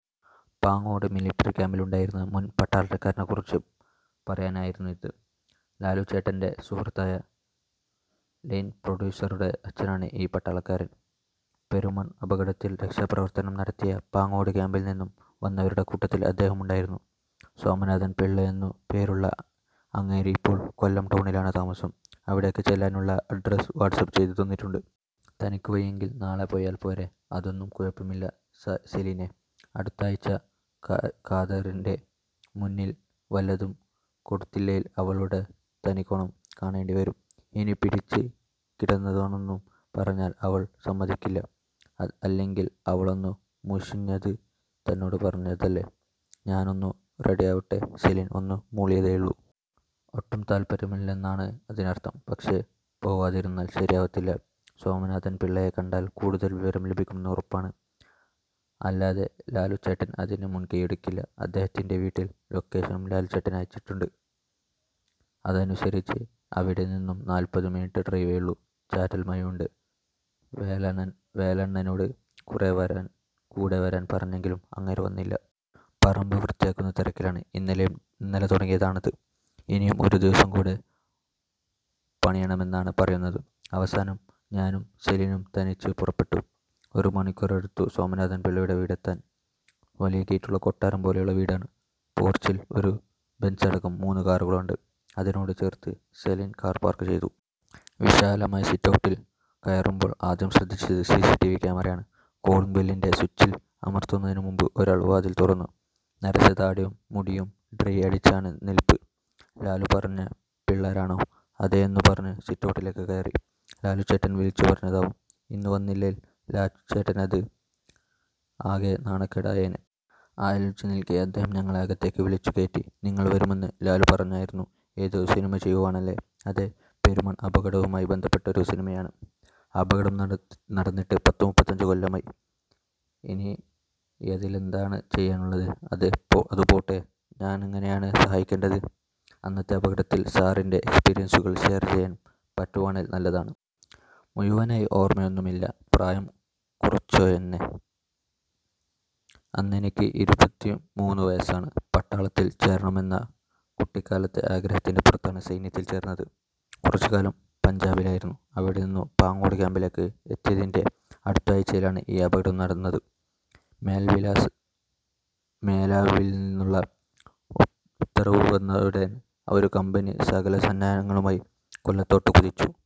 Pangode military ക്യാമ്പിലുണ്ടായിരുന്ന മുൻ പട്ടാളക്കാരനെക്കുറിച്ച് പറയാനായിരുന്നത്. ലാലുച്ചേട്ടന്റെ സുഹൃത്തായ ലൈൻപ്രൊഡ്യൂസറുടെ അച്ഛനാണ് ഈ പട്ടാളക്കാരൻ. പെരുമൺ അപകടത്തിൽ രക്ഷാപ്രവർത്തനം നടത്തിയ പാങ്ങോട് ക്യാമ്പിൽ നിന്നും വന്നവരുടെ കൂട്ടത്തിൽ അദ്ദേഹവുമുണ്ടായിരുന്നു. സോമനാഥൻ പിള്ളയെന്നു പേരുള്ള അങ്ങേര് ഇപ്പോൾ കൊല്ലം ടൗണിലാണ് താമസം. അവിടേക്ക് ചെല്ലാനുളള അഡ്രസ് വാട്സാപ്പ് ചെയ്തു തന്നിട്ടുണ്ട്. "തനിക്ക് വയ്യെങ്കിൽ നാളെ പോയാൽ പോരേ? " "അതൊന്നും കുഴപ്പമില്ല സെലിനേ. അടുത്ത ആഴ്ച കാതറിന്റെ മുന്നിൽ വല്ലതും കൊടുത്തില്ലേല് അവളുടെ തനിക്കൊണം കാണേണ്ടി വരും. പനി പിടിച്ച് കിടന്നതാണെന്നും പറഞ്ഞാല് അവള് സമ്മതിക്കില്ല. അല്ലെങ്കിലേ അവളൊന്നു മുഷിഞ്ഞത് തന്നോട് പറഞ്ഞതല്ലേ? ഞാനൊന്നു റെഡിയാവട്ടെ. " സെലിൻ ഒന്നു മൂളിയേയുള്ളു. ഒട്ടും താത്പര്യമില്ലെന്നാണ് അതിനർത്ഥം. പക്ഷേ പോവാതിരുന്നാൽ ശരിയാവത്തില്ല. സോമനാഥൻ പിള്ളയെ കണ്ടാൽ കൂടുതൽ വിവരം ലഭിക്കുമെന്നു ഉറപ്പാണ്. അല്ലാതെ ലാലുച്ചേട്ടൻ അതിനു മുൻകൈ എടുക്കില്ല. അദ്ദേഹത്തിന്റെ വീട്ടിലെ ലൊക്കേഷനും ലാലുച്ചേട്ടൻ അയച്ചിട്ടുണ്ട്. അതനുസരിച്ച് ഇവിടെ നിന്നും നാൽപ്പതു മിനിറ്റ് ഡ്രൈവേയുള്ളൂ. ചാറ്റൽ മഴയുണ്ട്. വേലണ്ണനോട് കൂടെ വരാൻ പറഞ്ഞെങ്കിലും അങ്ങേര് വന്നില്ല. പറമ്പ് വൃത്തിയാക്കുന്ന തിരക്കിലാണ്. ഇന്നലെ തുടങ്ങിയതാണത്. ഇനിയും ഒരു ദിവസം കൂടെ പണിയണമെന്നാണ് പറയുന്നത്. അവസാനം ഞാനും സെലിനും തനിച്ച് പുറപ്പെട്ടു. ഒരു മണിക്കൂറെടുത്തു സോമനാഥൻ പിള്ളയുടെ വീട് എത്താൻ. വലിയ ഗേറ്റുള്ള കൊട്ടാരം പോലുള്ള വീടാണ്. പോർച്ചിൽ ഒരു ബെൻസടക്കം മൂന്നു കാറുകളുണ്ട്. അതിനോട് ചേർത്ത് സെലിൻ കാർ പാർക്ക് ചെയ്തു. വിശാലമായ സിറ്റൌട്ടിൽ കയറുമ്പോൾ ആദ്യം ശ്രദ്ധിച്ചത് സിസിടിവി ക്യാമറയാണ്. കോളിംഗ് ബെല്ലിന്റെ സ്വിച്ചിൽ അമർത്തുന്നതിനു മുൻപ് ഒരാൾ വാതിൽ തുറന്നു. നരച്ച താടിയും മുടിയും ഡ്രൈ അടിച്ചാണ് നിൽപ്പ്. "ലാലു പറഞ്ഞ പിള്ളാരാണോ? " അതേയെന്നു പറഞ്ഞു സിറ്റൗട്ടിലേക്ക് കയറി. ലാലുച്ചേട്ടൻ വിളിച്ചു പറഞ്ഞതാവും. ഇന്നു വന്നില്ലേല് ലാലുച്ചേട്ടനത് ആകെ നാണക്കേട് ആയേനെ. ആലോചിച്ച് നിൽക്കെ അദ്ദേഹം ഞങ്ങളെ അകത്തോട്ട് വിളിച്ചു കയറ്റി. "നിങ്ങള് വരുമെന്ന് ലാലുപറഞ്ഞായിരുന്നു. ഏതോ സിനിമ ചെയ്യുവാണല്ലേ? " "അതെ, പെരുമൺ അപകടവുമായി ബന്ധപ്പെട്ടൊരു സിനിമയാണ്. " "അപകടം നടന്നിട്ട് പത്തുമുപ്പത്തഞ്ചു കൊല്ലമായി. ഇനിയതിലെന്താണ് ചെയ്യാനുള്ളത്? അതു പോട്ടെ ഞാനെങ്ങനെയാണ് സഹായിക്കേണ്ടത്? " "അന്നത്തെ അപകടത്തിൽ സാറിന്റെ എക്സ്പീരിയൻസുകള് ഷെയർ ചെയ്യാൻ പറ്റുവാണേല് നല്ലതാണ്. " "മുഴുവനായി ഓർമയൊന്നുമില്ല. പ്രായം കുറച്ചായെന്നേ... അന്നെനിക്ക് ഇരുപത്തിമൂന്നു വയസാണ്. പട്ടാളത്തിൽ ചേരണമെന്ന കുട്ടിക്കാലത്തെ ആഗ്രഹത്തിന്റെ പുറത്താണ് സൈന്യത്തിൽ ചേർന്നത്. കുറച്ചുകാലം പഞ്ചാബിലായിരുന്നു. അവിടെനിന്നും പാങ്ങോട് ക്യമ്പിലേക്ക് എത്തിയതിന്റെ അടുത്ത ആഴ്ചയിലാണ് ഈ അപകടം നടന്നത്. മേലാവിൽനിന്നുള്ള ഉത്തരവു വന്നയുടനെ ഒരു കമ്പനി സകല സന്നാഹങ്ങളുമായി കൊല്ലത്തോട്ട് കുതിച്ചു.